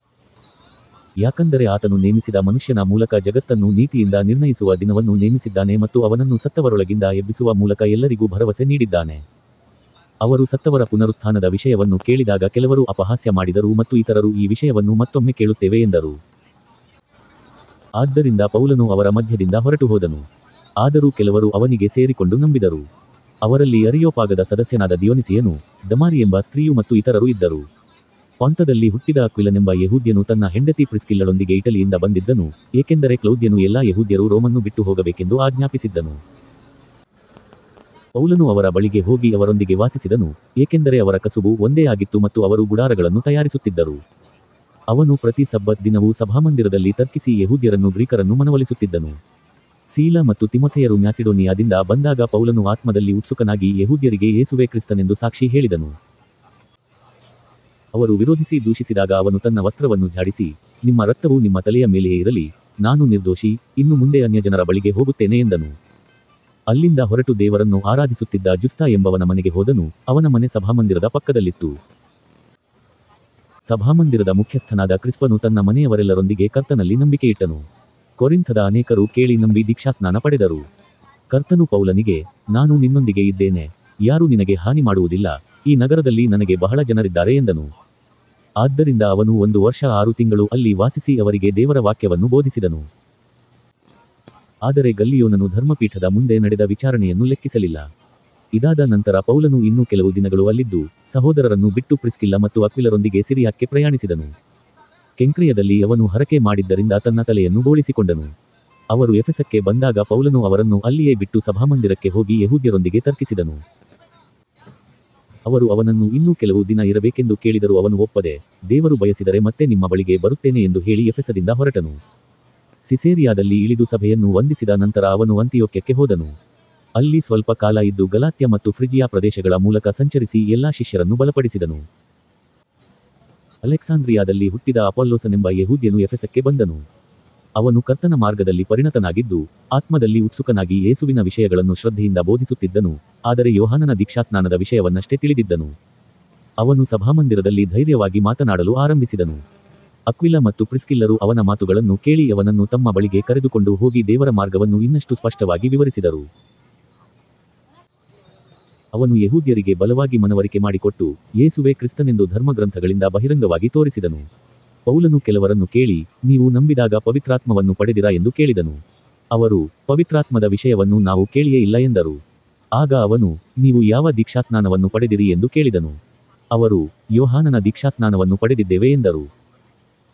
ಯಾಕಂದರೆ ಆತನು ನೇಮಿಸಿದ ಮನುಷ್ಯನ ಮೂಲಕ ಜಗತ್ತನ್ನು ನೀತಿಯಿಂದ ನಿರ್ಣಯಿಸುವ ದಿನವನ್ನು ನೇಮಿಸಿದ್ದಾನೆ ಮತ್ತು ಅವನನ್ನು ಸತ್ತವರೊಳಗಿಂದ ಎಬ್ಬಿಸುವ ಮೂಲಕ ಎಲ್ಲರಿಗೂ ಭರವಸೆ ನೀಡಿದ್ದಾನೆ. ಅವರು ಸತ್ತವರ ಪುನರುತ್ಥಾನದ ವಿಷಯವನ್ನು ಕೇಳಿದಾಗ ಕೆಲವರು ಅಪಹಾಸ್ಯ ಮಾಡಿದರು ಮತ್ತು ಇತರರು ಈ ವಿಷಯವನ್ನು ಮತ್ತೊಮ್ಮೆ ಕೇಳುತ್ತೇವೆ ಎಂದರು. ಆದ್ದರಿಂದ ಪೌಲನು ಅವರ ಮಧ್ಯದಿಂದ ಹೊರಟುಹೋದನು. ಆದರೂ ಕೆಲವರು ಅವನಿಗೆ ಸೇರಿಕೊಂಡು ನಂಬಿದರು. ಅವರಲ್ಲಿ ಅರೆಯೋಪಾಗದ ಸದಸ್ಯನಾದ ದಿಯೊನಿಸಿಯನೂ, ದಮಾರಿಯೆಂಬ ಸ್ತ್ರೀಯೂ ಮತ್ತು ಇತರರೂ ಇದ್ದರು. ಪೊಂತದಲ್ಲಿ ಹುಟ್ಟಿದ ಅಕ್ವಿಲನೆಂಬ ಯೆಹೂದ್ಯನು ತನ್ನ ಹೆಂಡತಿ ಪ್ರಿಸ್ಕಿಲ್ಲಳೊಂದಿಗೆ ಇಟಲಿಯಿಂದ ಬಂದಿದ್ದನು, ಏಕೆಂದರೆ ಕ್ಲೌದ್ಯನು ಎಲ್ಲಾ ಯೆಹೂದ್ಯರು ರೋಮನ್ನು ಬಿಟ್ಟುಹೋಗಬೇಕೆಂದು ಆಜ್ಞಾಪಿಸಿದ್ದನು. ಪೌಲನು ಅವರ ಬಳಿಗೆ ಹೋಗಿ ಅವರೊಂದಿಗೆ ವಾಸಿಸಿದನು, ಏಕೆಂದರೆ ಅವರ ಕಸುಬು ಒಂದೇ ಆಗಿತ್ತು ಮತ್ತು ಅವರು ಗುಡಾರಗಳನ್ನು ತಯಾರಿಸುತ್ತಿದ್ದರು. ಅವನು ಪ್ರತಿ ಸಬ್ಬತ್ ದಿನವೂ ಸಭಾಮಂದಿರದಲ್ಲಿ ತರ್ಕಿಸಿ ಯೆಹೂದ್ಯರನ್ನೂ ಗ್ರೀಕರನ್ನೂ ಮನವೊಲಿಸುತ್ತಿದ್ದನು. ಸೀಲ ಮತ್ತು ತಿಮೊಥೆಯರು ಮ್ಯಾಸಿಡೋನಿಯಾದಿಂದ ಬಂದಾಗ ಪೌಲನು ಆತ್ಮದಲ್ಲಿ ಉತ್ಸುಕನಾಗಿ ಯೆಹೂದ್ಯರಿಗೆ ಯೇಸುವೇ ಕ್ರಿಸ್ತನೆಂದು ಸಾಕ್ಷಿ ಹೇಳಿದನು. ಅವರು ವಿರೋಧಿಸಿ ದೂಷಿಸಿದಾಗ ಅವನು ತನ್ನ ವಸ್ತ್ರವನ್ನು ಝಾಡಿಸಿ, ನಿಮ್ಮ ರಕ್ತವು ನಿಮ್ಮ ತಲೆಯ ಮೇಲೆಯೇ ಇರಲಿ, ನಾನು ನಿರ್ದೋಷಿ, ಇನ್ನು ಮುಂದೆ ಅನ್ಯಜನರ ಬಳಿಗೆ ಹೋಗುತ್ತೇನೆ ಎಂದನು. ಅಲ್ಲಿಂದ ಹೊರಟು ದೇವರನ್ನು ಆರಾಧಿಸುತ್ತಿದ್ದ ಜುಸ್ತ ಎಂಬವನ ಮನೆಗೆ ಹೋದನು, ಅವನ ಮನೆ ಸಭಾಮಂದಿರದ ಪಕ್ಕದಲ್ಲಿತ್ತು. ಸಭಾಮಂದಿರದ ಮುಖ್ಯಸ್ಥನಾದ ಕ್ರಿಸ್ಪನು ತನ್ನ ಮನೆಯವರೆಲ್ಲರೊಂದಿಗೆ ಕರ್ತನಲ್ಲಿ ನಂಬಿಕೆಯಿಟ್ಟನು. ಕೊರಿಂಥದ ಅನೇಕರು ಕೇಳಿ ನಂಬಿ ದೀಕ್ಷಾಸ್ನಾನ ಪಡೆದರು. ಕರ್ತನು ಪೌಲನಿಗೆ, ನಾನು ನಿನ್ನೊಂದಿಗೆ ಇದ್ದೇನೆ, ಯಾರೂ ನಿನಗೆ ಹಾನಿ ಮಾಡುವುದಿಲ್ಲ, ಈ ನಗರದಲ್ಲಿ ನನಗೆ ಬಹಳ ಜನರಿದ್ದಾರೆ ಎಂದನು. ಆದ್ದರಿಂದ ಅವನು ಒಂದು ವರ್ಷ ಆರು ತಿಂಗಳು ಅಲ್ಲಿ ವಾಸಿಸಿ ಅವರಿಗೆ ದೇವರ ವಾಕ್ಯವನ್ನು ಬೋಧಿಸಿದನು. ಆದರೆ ಗಲ್ಲಿಯೋನನು ಧರ್ಮಪೀಠದ ಮುಂದೆ ನಡೆದ ವಿಚಾರಣೆಯನ್ನು ಲೆಕ್ಕಿಸಲಿಲ್ಲ. ಇದಾದ ನಂತರ ಪೌಲನು ಇನ್ನೂ ಕೆಲವು ದಿನಗಳು ಅಲ್ಲಿದ್ದು, ಸಹೋದರರನ್ನು ಬಿಟ್ಟು ಪ್ರಿಸ್ಕಿಲ್ಲ ಮತ್ತು ಅಕ್ವಿಲರೊಂದಿಗೆ ಸಿರಿಯಾಕ್ಕೆ ಪ್ರಯಾಣಿಸಿದನು. ಕೆಂಕ್ರೆಯದಲ್ಲಿ ಅವನು ಹರಕೆ ಮಾಡಿದ್ದರಿಂದ ತನ್ನ ತಲೆಯನ್ನು ಬೋಳಿಸಿಕೊಂಡನು. ಅವರು ಎಫೆಸಕ್ಕೆ ಬಂದಾಗ ಪೌಲನು ಅವರನ್ನು ಅಲ್ಲಿಯೇ ಬಿಟ್ಟು ಸಭಾಮಂದಿರಕ್ಕೆ ಹೋಗಿ ಯೆಹೂದ್ಯರೊಂದಿಗೆ ತರ್ಕಿಸಿದನು. ಅವರು ಅವನನ್ನು ಇನ್ನೂ ಕೆಲವು ದಿನ ಇರಬೇಕೆಂದು ಕೇಳಿದರೂ ಅವನು ಒಪ್ಪದೆ, ದೇವರು ಬಯಸಿದರೆ ಮತ್ತೆ ನಿಮ್ಮ ಬಳಿಗೆ ಬರುತ್ತೇನೆ ಎಂದು ಹೇಳಿ ಎಫೆಸದಿಂದ ಹೊರಟನು. ಸಿಸೇರಿಯಾದಲ್ಲಿ ಇಳಿದು ಸಭೆಯನ್ನು ವಂದಿಸಿದ ನಂತರ ಅವನು ಅಂತಿಯೋಕ್ಯಕ್ಕೆ ಹೋದನು. ಅಲ್ಲಿ ಸ್ವಲ್ಪ ಕಾಲ ಇದ್ದು ಗಲಾತ್ಯ ಮತ್ತು ಫ್ರಿಜಿಯಾ ಪ್ರದೇಶಗಳ ಮೂಲಕ ಸಂಚರಿಸಿ ಎಲ್ಲಾ ಶಿಷ್ಯರನ್ನು ಬಲಪಡಿಸಿದನು. ಅಲೆಕ್ಸಾಂದ್ರಿಯಾದಲ್ಲಿ ಹುಟ್ಟಿದ ಅಪೊಲ್ಲೋಸನೆಂಬ ಯೆಹೂದ್ಯನು ಎಫೆಸಕ್ಕೆ ಬಂದನು. ಅವನು ಕರ್ತನ ಮಾರ್ಗದಲ್ಲಿ ಪರಿಣತನಾಗಿದ್ದು, ಆತ್ಮದಲ್ಲಿ ಉತ್ಸುಕನಾಗಿ ಯೇಸುವಿನ ವಿಷಯಗಳನ್ನು ಶ್ರದ್ಧೆಯಿಂದ ಬೋಧಿಸುತ್ತಿದ್ದನು, ಆದರೆ ಯೋಹಾನನ ದೀಕ್ಷಾಸ್ನಾನದ ವಿಷಯವನ್ನಷ್ಟೇ ತಿಳಿದಿದ್ದನು. ಅವನು ಸಭಾಮಂದಿರದಲ್ಲಿ ಧೈರ್ಯವಾಗಿ ಮಾತನಾಡಲು ಆರಂಭಿಸಿದನು. ಅಕ್ವಿಲ ಮತ್ತು ಪ್ರಿಸ್ಕಿಲ್ಲರು ಅವನ ಮಾತುಗಳನ್ನು ಕೇಳಿ ಅವನನ್ನು ತಮ್ಮ ಬಳಿಗೆ ಕರೆದುಕೊಂಡು ಹೋಗಿ ದೇವರ ಮಾರ್ಗವನ್ನು ಇನ್ನಷ್ಟು ಸ್ಪಷ್ಟವಾಗಿ ವಿವರಿಸಿದರು. ಅವನು ಯೆಹೂದ್ಯರಿಗೆ ಬಲವಾಗಿ ಮನವರಿಕೆ ಮಾಡಿಕೊಟ್ಟು, ಯೇಸುವೇ ಕ್ರಿಸ್ತನೆಂದು ಧರ್ಮಗ್ರಂಥಗಳಿಂದ ಬಹಿರಂಗವಾಗಿ ತೋರಿಸಿದನು. ಪೌಲನು ಕೆಲವರನ್ನು ಕೇಳಿ, ನೀವು ನಂಬಿದಾಗ ಪವಿತ್ರಾತ್ಮವನ್ನು ಪಡೆದಿರಾ ಎಂದು ಕೇಳಿದನು. ಅವರು, ಪವಿತ್ರಾತ್ಮದ ವಿಷಯವನ್ನು ನಾವು ಕೇಳಿಯೇ ಇಲ್ಲ ಎಂದರು. ಆಗ ಅವನು, ನೀವು ಯಾವ ದೀಕ್ಷಾಸ್ನಾನವನ್ನು ಪಡೆದಿರಿ ಎಂದು ಕೇಳಿದನು. ಅವರು, ಯೋಹಾನನ ದೀಕ್ಷಾಸ್ನಾನವನ್ನು ಪಡೆದಿದ್ದೇವೆ ಎಂದರು.